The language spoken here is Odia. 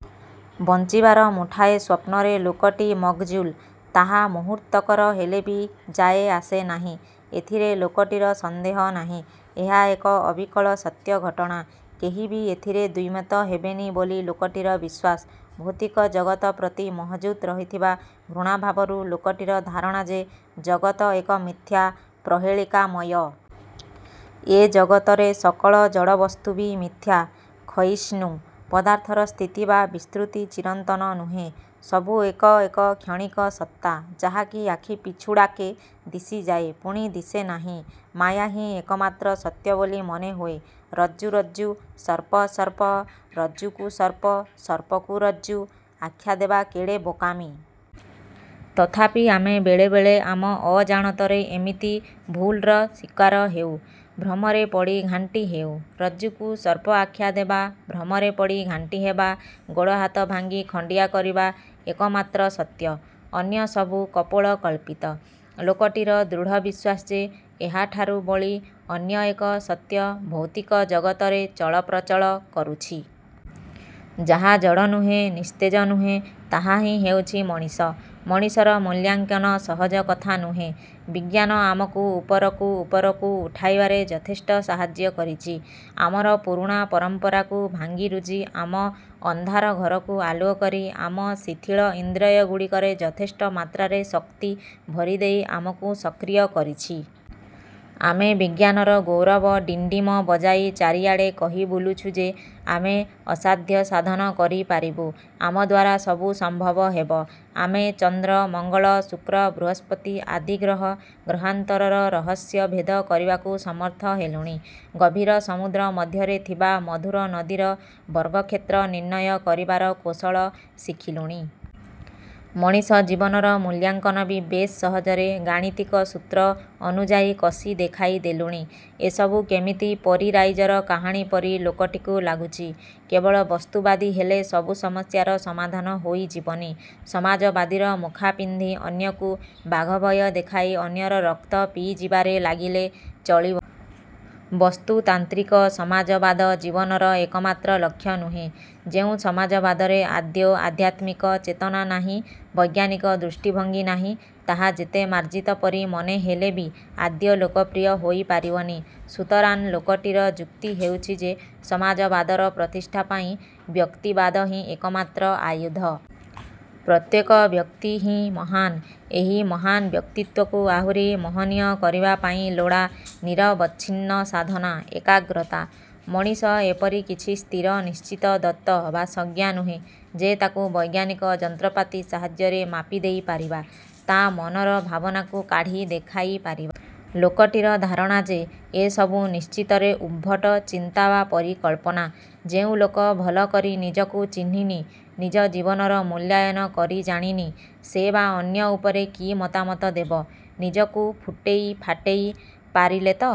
ବଞ୍ଚିବାର ମୁଠାଏ ସ୍ୱପ୍ନରେ ଲୋକଟି ମଜ୍ଗୁଲ୍। ତାହା ମୁହୂର୍ତ୍ତକର ହେଲେବି ଯାଏ ଆସେ ନାହିଁ। ଏଥିରେ ଲୋକଟିର ସନ୍ଦେହ ନାହିଁ। ଏହା ଏକ ଅବିକଳ ସତ୍ୟ ଘଟଣା। କେହି ବି ଏଥିରେ ଦ୍ୱିମତ ହେବେନି ବୋଲି ଲୋକଟିର ବିଶ୍ୱାସ। ଭୌତିକ ଜଗତ ପ୍ରତି ମହଜୁଦ୍ ରହିଥିବା ଘୃଣାଭାବରୁ ଲୋକଟିର ଧାରଣ ଯେ ଜଗତ ଏକ ମିଥ୍ୟା, ପ୍ରହେଳିକା ମୟ। ଏ ଜଗତରେ ସକଳ ଜଡ଼ବସ୍ତୁ ବି ମିଥ୍ୟା। କ୍ଷୟିଷ୍ଣୁ ପଦାର୍ଥର ସ୍ଥିତି ବା ବିସ୍ତୃତି ଚିରନ୍ତନ ନୁହେଁ। ସବୁ ଏକ ଏକ କ୍ଷଣିକ ସତ୍ତା; ଯାହାକି ଆଖି ପିଛୁଡ଼ାକେ ଦିଶିଯାଏ। ପୁଣି ଦିଶେ ନାହିଁ। ମାୟାହିଁ ଏକମାତ୍ର ସତ୍ୟବୋଲି ମନେହୁଏ। ରଜ୍ଜୁ: ରଜ୍ଜୁ:। ସର୍ପ: ସର୍ପ: ରଜ୍ଜୁକୁ ସର୍ପ, ସର୍ପକୁ ରଜ୍ଜୁ ଆଖ୍ୟା ଦେବା କେଡ଼େ ବୋକାମି-। ତଥାପି ଆମେ ବେଳେବେଳେ ଆମ ଅଜାଣତରେ ଏମିତି ଭୁଲ୍ର ଶିକାର ହେଉ-। ଭ୍ରମରେ ପଡ଼ି ଘାଣ୍ଟି ହେଉ। ରଜ୍ଜୁକୁ ସର୍ପ ଆଖ୍ୟା ଦେବା, ଭ୍ରମରେ ପଡ଼ି ଘାଣ୍ଟିହେବା, ଗୋଡ଼ ହାତ ଭାଙ୍ଗି ଖଣ୍ଡିଆ କରିବା ଏକମାତ୍ର ସତ୍ୟ। ଅନ୍ୟ ସବୁ କପୋଳକଳ୍ପିତ। ଲୋକଟିର ଦୃଢ଼ ବିଶ୍ୱାସ ଯେ ଏହାଠାରୁ ବଳି ଅନ୍ୟ ଏକ ସତ୍ୟ ଭୌତିକ ଜଗତରେ ଚଳପ୍ରଚଳ କରୁଛି। ଯାହା ଜଡ଼ ନୁହେଁ, ନିସ୍ତେଜ ନୁହେଁ। ତାହାହିଁ ହେଉଛି ମଣିଷ। ମଣିଷର ମୂଲ୍ୟାଙ୍କନ ସହଜ କଥା ନୁହେଁ। ବିଜ୍ଞାନ ଆମକୁ ଉପରକୁ ଉପରକୁ ଉଠାଇବାରେ ଯଥେଷ୍ଟ ସାହାଯ୍ୟ କରିଛି। ଆମର ପୁରୁଣା ପରମ୍ପରାକୁ ଭାଙ୍ଗିରୁଜି, ଆମ ଅନ୍ଧାର ଘରକୁ ଆଲୁଅ କରି ଆମ ଶିଥିଳ ଇନ୍ଦ୍ରିୟଗୁଡ଼ିକରେ ଯଥେଷ୍ଟ ମାତ୍ରାରେ ଶକ୍ତି ଭରିଦେଇ ଆମକୁ ସକ୍ରିୟ କରିଛି। ଆମେ ବିଜ୍ଞାନର ଗୌରବ ଡିଣ୍ଡିମ ବଜାଇ ଚାରିଆଡ଼େ କହି ବୁଲୁଛୁ ଯେ, 'ଆମେ ଅସାଧ୍ୟ ସାଧନ କରି ପାରିବୁ। ଆମଦ୍ୱାରା ସବୁ ସମ୍ଭବ ହେବ। ' ଆମେ ଚନ୍ଦ୍ର, ମଙ୍ଗଳ, ଶୁକ୍ର, ବୃହସ୍ପତି ଆଦି ଗ୍ରହ ଗ୍ରହାନ୍ତରର ରହସ୍ୟ ଭେଦ କରିବାକୁ ସମର୍ଥ ହେଲୁଣି। ଗଭୀର ସମୁଦ୍ର ମଧ୍ୟରେ ଥିବା ମଧୁର ନଦୀର ବର୍ଗକ୍ଷେତ୍ର ନିର୍ଣ୍ଣୟ କରିବାର କୌଶଳ ଶିଖିଲୁଣି। ମଣିଷ ଜୀବନର ମୂଲ୍ୟାଙ୍କନ ବି ବେଶ୍ ସହଜରେ ଗାଣିତିକ ସୂତ୍ର ଅନୁଯାୟୀ କଷି ଦେଖାଇ ଦେଲୁଣି। ଏସବୁ କେମିତି ପରୀ-ରାଇଜର କାହାଣୀ ପରି ଲୋକଟିକୁ ଲାଗୁଛି। କେବଳ ବସ୍ତୁବାଦୀ ହେଲେ ସବୁ ସମସ୍ୟାର ସମାଧାନ ହୋଇଯିବନି। ସମାଜବାଦୀର ମୁଖା ପିନ୍ଧି ଅନ୍ୟକୁ ବାଘଭୟ ଦେଖାଇ ଅନ୍ୟର ରକ୍ତ ପିଇଯିବାରେ ଲାଗିଲେ ଚଳିବନି। ବସ୍ତୁତାନ୍ତ୍ରିକ ସମାଜବାଦ ଜୀବନର ଏକମାତ୍ର ଲକ୍ଷ୍ୟ ନୁହେଁ। ଯେଉଁ ସମାଜବାଦରେ ଆଦୌ ଆଧ୍ୟାତ୍ମିକ ଚେତନା ନାହିଁ, ବୈଜ୍ଞାନିକ ଦୃଷ୍ଟିଭଙ୍ଗୀ ନାହିଁ, ତାହା ଯେତେ ମାର୍ଜିତ ପରି ମନେ ହେଲେବି ଆଦୌ ଲୋକପ୍ରିୟ ହୋଇ ପାରିବନି। ସୁତରାଂ ଲୋକଟିର ଯୁକ୍ତି ହେଉଛି ଯେ ସମାଜବାଦର ପ୍ରତିଷ୍ଠା ପାଇଁ ବ୍ୟକ୍ତିବାଦହିଁ ଏକମାତ୍ର ଆୟୁଧ। ପ୍ରତ୍ୟେକ। ବ୍ୟକ୍ତିହିଁ ମହାନ୍। ଏହି ମହାନ୍ ବ୍ୟକ୍ତିତ୍ୱକୁ ଆହୁରି ମହନୀୟ କରିବା ପାଇଁ ଲୋଡ଼ା ନିରବଚ୍ଛିନ୍ନ ସାଧନା, ଏକାଗ୍ରତା। ମଣିଷ ଏପରି କିଛି ସ୍ଥିର ନିଶ୍ଚିତ ଦତ୍ତ ବା ସଂଜ୍ଞା ନୁହେଁ ଯେ ତାକୁ ବୈଜ୍ଞାନିକ ଯନ୍ତ୍ରପାତି ସାହାଯ୍ୟରେ ମାପି ଦେଇ ପାରିବା। ତା' ମନର ଭାବନାକୁ କାଢ଼ି ଦେଖାଇ ପାରିବା। ଲୋକଟିର ଧାରଣା ଯେ ଏ ସବୁ ନିଶ୍ଚିତରେ ଉଦ୍ଭଟ ଚିନ୍ତା ବା ପରିକଳ୍ପନା। ଯେଉଁ ଲୋକ ଭଲ କରି ନିଜକୁ ଚିହ୍ନିନି, ନିଜ ଜୀବନର ମୂଲ୍ୟାୟନ କରିଜାଣିନି, ସେ ବା' ଅନ୍ୟ ଉପରେ କି ମତାମତ ଦେବ? ନିଜକୁ ଫୁଟେଇ ଫାଟେଇ ପାରିଲେତ